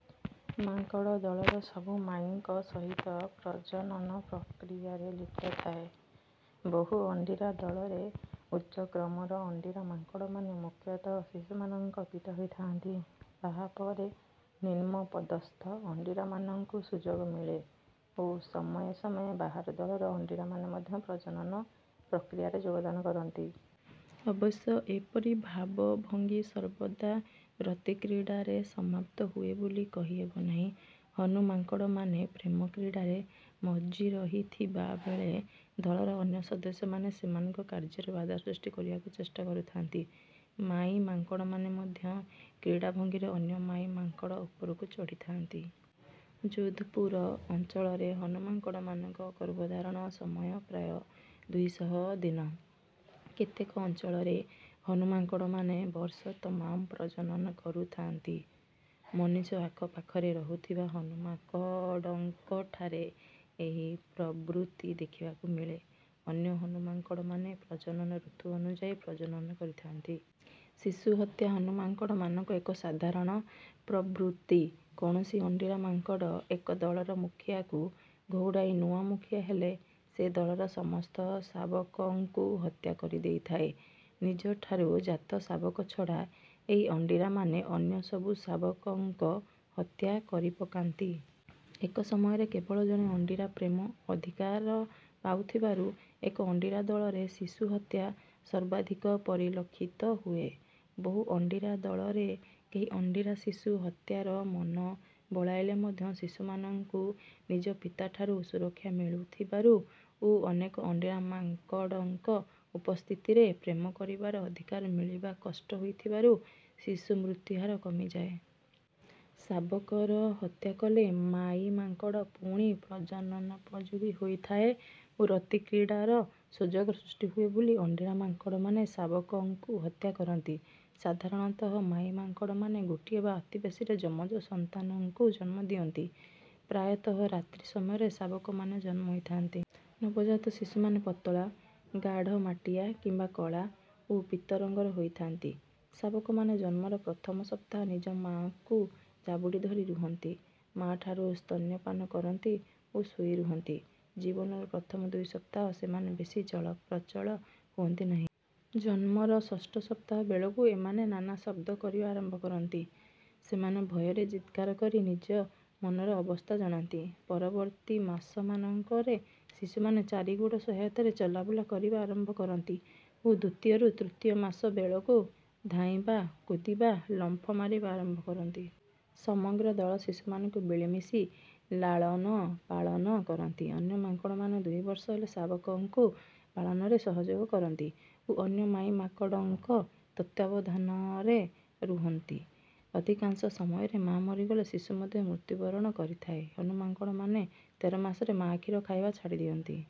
ମାଙ୍କଡ଼ ଦଳର ସବୁ ମାଈଙ୍କ ସହିତ ପ୍ରଜନନ ପ୍ରକ୍ରିୟାରେ ଲିପ୍ତ ଥାଏ। ବହୁ-ଅଣ୍ଡିରା ଦଳରେ ଉଚ୍ଚ-କ୍ରମର ଅଣ୍ଡିରା ମାଙ୍କଡ଼ମାନେ ମୁଖ୍ୟତଃ ଶିଶୁମାନଙ୍କ ପିତା ହୋଇଥାନ୍ତି, ତାହା ପରେ ନିମ୍ନ ପଦସ୍ଥ ଅଣ୍ଡିରାମାନଙ୍କୁ ସୁଯୋଗ ମିଳେ ଓ ସମୟେ ସମୟେ ବାହାର ଦଳର ଅଣ୍ଡିରାମାନେ ମଧ୍ୟ ପ୍ରଜନନ ପ୍ରକ୍ରିୟାରେ ଯୋଗଦାନ କରନ୍ତି। ଅବଶ୍ୟ ଏପରି ଭାବଭଙ୍ଗୀ ସର୍ବଦା ରତିକ୍ରୀଡ଼ାରେ ସମାପ୍ତ ହୁଏ ବୋଲି କହିହେବ ନାହିଁ। ହନୁ ମାଙ୍କଡ଼ମାନେ ପ୍ରେମକ୍ରୀଡ଼ାରେ ମଜ୍ଜି ରହିଥିବା ବେଳେ ଦଳର ଅନ୍ୟ ସଦସ୍ୟମାନେ ସେମାନଙ୍କ କାର୍ଯ୍ୟରେ ବାଧା ସୃଷ୍ଟି କରିବାକୁ ଚେଷ୍ଟା କରୁଥାନ୍ତି। ମାଈ ମାଙ୍କଡ଼ମାନେ ମଧ୍ୟ କ୍ରୀଡ଼ାଭଙ୍ଗୀରେ ଅନ୍ୟ ମାଈ ମାଙ୍କଡ଼ ଉପରକୁ ଚଢ଼ିଥାନ୍ତି। ଯୋଧପୁର ଅଞ୍ଚଳରେ ହନୁ ମାଙ୍କଡ଼ମାନଙ୍କ ଗର୍ଭଧାରଣ ସମୟ ପ୍ରାୟ ଦୁଇ ଶହ ଦିନ। କେତେକ ଅଞ୍ଚଳରେ ହନୁ ମାଙ୍କଡ଼ମାନେ ବର୍ଷ ତମାମ ପ୍ରଜନନ କରୁଥାନ୍ତି। ମନୁଷ୍ୟ ଆଖପାଖରେ ରହୁଥିବା ହନୁ ମାଙ୍କଡ଼ଙ୍କଠାରେ ଏହି ପ୍ରବୃତ୍ତି ଦେଖିବାକୁ ମିଳେ। ଅନ୍ୟ ହନୁ ମାଙ୍କଡ଼ମାନେ ପ୍ରଜନନ ଋତୁ ଅନୁଯାୟୀ ପ୍ରଜନନ କରିଥାନ୍ତି। ଶିଶୁ ହତ୍ୟା ହନୁ ମାଙ୍କଡ଼ମାନଙ୍କ ଏକ ସାଧାରଣ ପ୍ରବୃତ୍ତି। କୌଣସି ଅଣ୍ଡିରା ମାଙ୍କଡ଼ ଏକ ଦଳର ମୁଖିଆକୁ ଘଉଡ଼ାଇ ନୂଆ ମୁଖିଆ ହେଲେ ସେ ଦଳର ସମସ୍ତ ଶାବକଙ୍କୁ ହତ୍ୟା କରିଦେଇଥାଏ। ନିଜଠାରୁ ଜାତ ଶାବକ ଛଡ଼ା ଏହି ଅଣ୍ଡିରାମାନେ ଅନ୍ୟ ସବୁ ଶାବକଙ୍କ ହତ୍ୟା କରିପକାନ୍ତି। ଏକ ସମୟରେ କେବଳ ଜଣେ ଅଣ୍ଡିରା ପ୍ରେମ ଅଧିକାର ପାଉଥିବାରୁ ଏକ-ଅଣ୍ଡିରା ଦଳରେ ଶିଶୁ ହତ୍ୟା ସର୍ବାଧିକ ପରିଲକ୍ଷିତ ହୁଏ। ବହୁ-ଅଣ୍ଡିରା ଦଳରେ କେହି ଅଣ୍ଡିରା ଶିଶୁ ହତ୍ୟାର ମନ ବଳାଇଲେ ମଧ୍ୟ ଶିଶୁମାନଙ୍କୁ ନିଜ ପିତାଠାରୁ ସୁରକ୍ଷା ମିଳୁଥିବାରୁ ଓ ଅନେକ ଅଣ୍ଡିରା ମାଙ୍କଡ଼ଙ୍କ ଉପସ୍ଥିତିରେ ପ୍ରେମ କରିବାର ଅଧିକାର ମିଳିବା କଷ୍ଟ ହୋଇଥିବାରୁ ଶିଶୁ ମୃତ୍ୟୁ ହାର କମିଯାଏ। ଶାବକର ହତ୍ୟା କଲେ ମାଈ ମାଙ୍କଡ଼ ପୁଣି ପ୍ରଜନନୋପଯୋଗୀ ହୋଇଥାଏ ଓ ରତିକ୍ରୀଡ଼ାର ସୁଯୋଗ ସୃଷ୍ଟି ହୁଏ ବୋଲି ଅଣ୍ଡିରା ମାଙ୍କଡ଼ମାନେ ଶାବକଙ୍କୁ ହତ୍ୟା କରନ୍ତି। ସାଧାରଣତଃ ମାଈ ମାଙ୍କଡ଼ମାନେ ଗୋଟିଏ ବା ଅତି ବେଶୀରେ ଯମଜ ସନ୍ତାନଙ୍କୁ ଜନ୍ମ ଦିଅନ୍ତି। ପ୍ରାୟତଃ ରାତ୍ରି ସମୟରେ ଶାବକମାନେ ଜନ୍ମ ହୋଇଥାନ୍ତି। ନବଜାତ ଶିଶୁମାନେ ପତଳା, ଗାଢ଼ ମାଟିଆ କିମ୍ବା କଳା ଓ ପୀତ ରଙ୍ଗର ହୋଇଥାନ୍ତି। ଶାବକମାନେ ଜନ୍ମର ପ୍ରଥମ ସପ୍ତାହ ନିଜ ମା'କୁ ଜାବୁଡ଼ି ଧରି ରୁହନ୍ତି, ମା'ଠାରୁ ସ୍ତନ୍ୟପାନ କରନ୍ତି ଓ ଶୋଇ ରୁହନ୍ତି। ଜୀବନର ପ୍ରଥମ ଦୁଇ ସପ୍ତାହ ସେମାନେ ବେଶୀ ଚଳପ୍ରଚଳ ହୁଅନ୍ତି ନାହିଁ। ଜନ୍ମର ଷଷ୍ଠ ସପ୍ତାହ ବେଳକୁ ଏମାନେ ନାନା ଶବ୍ଦ କରିବା ଆରମ୍ଭ କରନ୍ତି। ସେମାନେ ଭୟରେ ଚିତ୍କାର କରି ନିଜ ମନର ଅବସ୍ଥା ଜଣାନ୍ତି। ପରବର୍ତ୍ତୀ ମାସମାନଙ୍କରେ ଶିଶୁମାନେ ଚାରି ଗୋଡ଼ ସହାୟତାରେ ଚଲାବୁଲା କରିବା ଆରମ୍ଭ କରନ୍ତି ଓ ଦ୍ୱିତୀୟ ରୁ ତୃତୀୟ ମାସ ବେଳକୁ ଧାଇଁବା, କୁଦିବା, ଲମ୍ଫ ମାରିବା ଆରମ୍ଭ କରନ୍ତି। ସମଗ୍ର ଦଳ ଶିଶୁମାନଙ୍କୁ ମିଳିମିଶି ଲାଳନପାଳନ କରନ୍ତି, ଅନ୍ୟ ମାଙ୍କଡ଼ମାନେ ଦୁଇ ବର୍ଷ ହେଲେ ଶାବକଙ୍କୁ ପାଳନରେ ସହଯୋଗ କରନ୍ତି ଓ ଅନ୍ୟ ମାଈ ମାଙ୍କଡ଼ଙ୍କ ତତ୍ତ୍ୱାବଧାନରେ ରୁହନ୍ତି। ଅଧିକାଂଶ ସମୟରେ ମା' ମରିଗଲେ ଶିଶୁ ମଧ୍ୟ ମୃତ୍ୟୁବରଣ କରିଥାଏ। ହନୁ ମାଙ୍କଡ଼ମାନେ ତେର ମାସରେ ମା' କ୍ଷୀର ଖାଇବା ଛାଡ଼ି ଦିଅନ୍ତି।